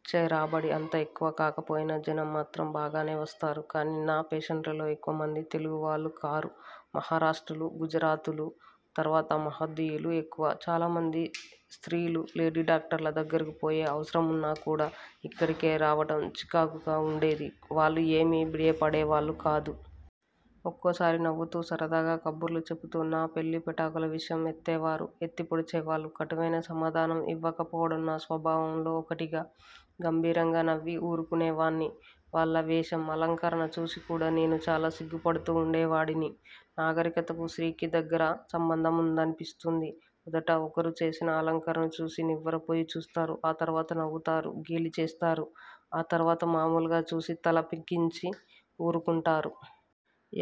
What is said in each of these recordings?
వచ్చే రాబడి అంత ఎక్కువ కాకపోయినా జనం మాత్రం బాగానే వస్తారు. కాని నా పేషెంట్లలో ఎక్కువమంది తెలుగు వాళ్ళు కారు. మహారాష్ట్రులు, గుజరాతీలూ, తరువాత మహమ్మదీయులూ యెక్కువ. చాలామంది స్త్రీలు లేడీడాక్టర్ల దగ్గరకు పోయె అవసరమున్నా కూడా యిక్కడికే రావటం చికాకుగా వుండేది. వాళ్ళు ఏమీ బిడియపడేవాళ్ళు కాదు. ఒక్కోసారి నవ్వుతూ సరదాగా కబుర్లు చెబుతూ, నా పెళ్ళిపెటాకుల విషయం ఎత్తేవారు, ఎత్తిపొడిచేవాళ్ళు కటువైన సమాధానం యివ్వకపోవటం నా స్వభావంలో ఒకటిగా! గంభీరంగా నవ్వి ఊరుకునేవాడ్ని. వాళ్ళ వేషం, అలంకరణ చూసికూడా నేను చాలా సిగ్గుపడుతూ వుండేవాడిని. నాగరికతకూ స్త్రీకి దగ్గర సంబంధమనిపిస్తుంది. మొదట ఒకరు చేసిన అలంకరణను చూసి నివ్వెరపోయి చూస్తారు తరువాత నవ్వుతారు, గేలిచేస్తారు, ఆ తఃరువాత మామూలుగా చూసి తలపంకించి వూరుకుంటారు.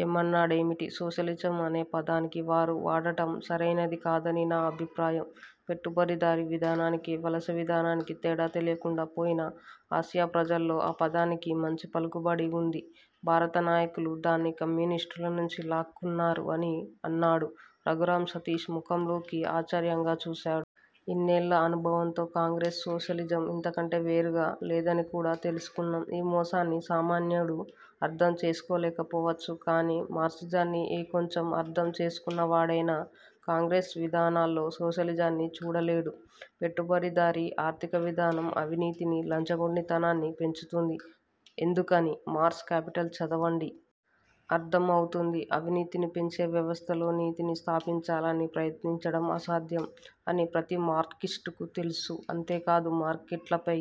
ఏమన్నాడేమిటి? సోషలిజం అనే పదాన్ని వారు వాడటం సరయినదికాదని నా అభిప్రాయం. పెట్టుబడిదారీ విధానానికీ వలస విధానానికీ తేడా తెలియకుండా పోయిన ఆసియా ప్రజల్లో ఆ పదానికి మంచి పలుకుబడి వుంది. భారత నాయకులు దాన్ని కమ్యూనిస్టులనుంచి లాక్కున్నారు అని అన్నాడు. రఘురాం సతీష్ ముఖంలోకి ఆశ్చర్యంగా చూశాడు. ఇన్నేళ్ళ అనుభవంతో కాంగ్రెస్ సోషలిజం ఇంతకంటే వేరుగా లేదనికూడా తెలుసుకున్నాం! ఈ మోసాన్ని సామాన్యుడు అర్థం చేసుకోలేకపోవచ్చును. కాని మార్క్సిజాన్ని ఏ కొంచెం అర్థం చేసుకున్నవాడైనా కాంగ్రెస్ విధానాలలో సోషలిజాన్ని చూడలేడు. పెట్టుబడిదారీ ఆర్ధిక విధానం అవినీతినీ, లంచగొండితనాన్నీ పెంచుతుంది. ఎందుకని? మార్క్స్ కాపిటల్ చదవండి! అర్థం అవుతుంది. అవినీతిని పెంచేవ్యవస్థలో, నీతిని స్థాపించాలని ప్రయత్నించడం అసాధ్యం అని ప్రతి మార్క్సుస్టుకూ తెలుసు! అంతేకాదు. మార్కెట్ పై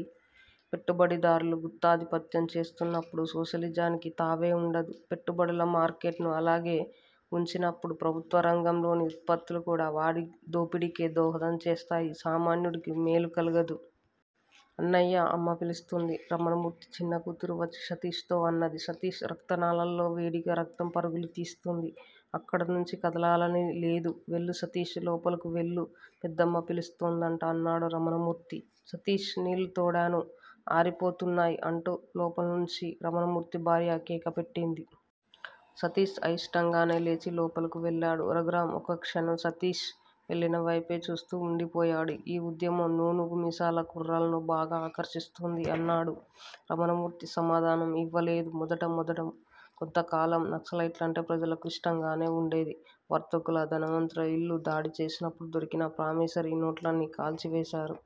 పెట్టుబడిదారులు గుత్తాధిపత్యం చేస్తున్నప్పుడు సోషలిజానికి తావే వుండదు. పెట్టుబడుల మార్కెట్ ను అలాగే వుంచినప్పుడు, ప్రభుత్వరంగంలోని ఉత్పత్తులుకూడా వారి దోపిడీకే దోహదం చేస్తాయి. సామాన్యుడికి మేలు కలగదు. అన్నయ్యా! అమ్మ పిలుస్తోంది! రమణమూర్తి చిన్నకూతురు వచ్చి సతీష్ తో అన్నది. సతీష్ రక్తనాళాల్లో వేడిగా రక్తం పరుగులు తీస్తూంది. అక్కడనుంచి కదలాలని లేదు. వెళ్ళు సతీష్! లోపలకు వెళ్ళు! పెద్దమ్మ పిలుస్తోందట! అన్నాడు రమణమూర్తి. సతీష్! నీళ్ళు తోడాను! ఆరిపోతున్నాయ్! అంటూ లోపలనుంచి రమణమూర్తి భార్య కేకపెట్టింది. సతీష్ అయిష్టంగానే లేచి లోపలకు వెళ్ళాడు. రఘురాం ఓ క్షణం సతీష్ వెళ్లినవైపే చూస్తూ వుండిపోయాడు. ఈ ఉద్యమం నూనూగు మీసాల కుర్రాళ్ళను బాగా ఆకర్షిస్తోంది! అన్నాడు. రమణమూర్తి సమాధానం ఇవ్వలేదు. మొదట మొదట కొంతకాలం నక్సలైట్లంటే ప్రజలకు ఇష్టంగానే ఉండేది. వర్తకుల, ధనవంతుల ఇళ్ళు దాడిచేసినప్పుడు దొరికిన ప్రామిసరీనోట్లన్నీ కాల్చి వేశారు.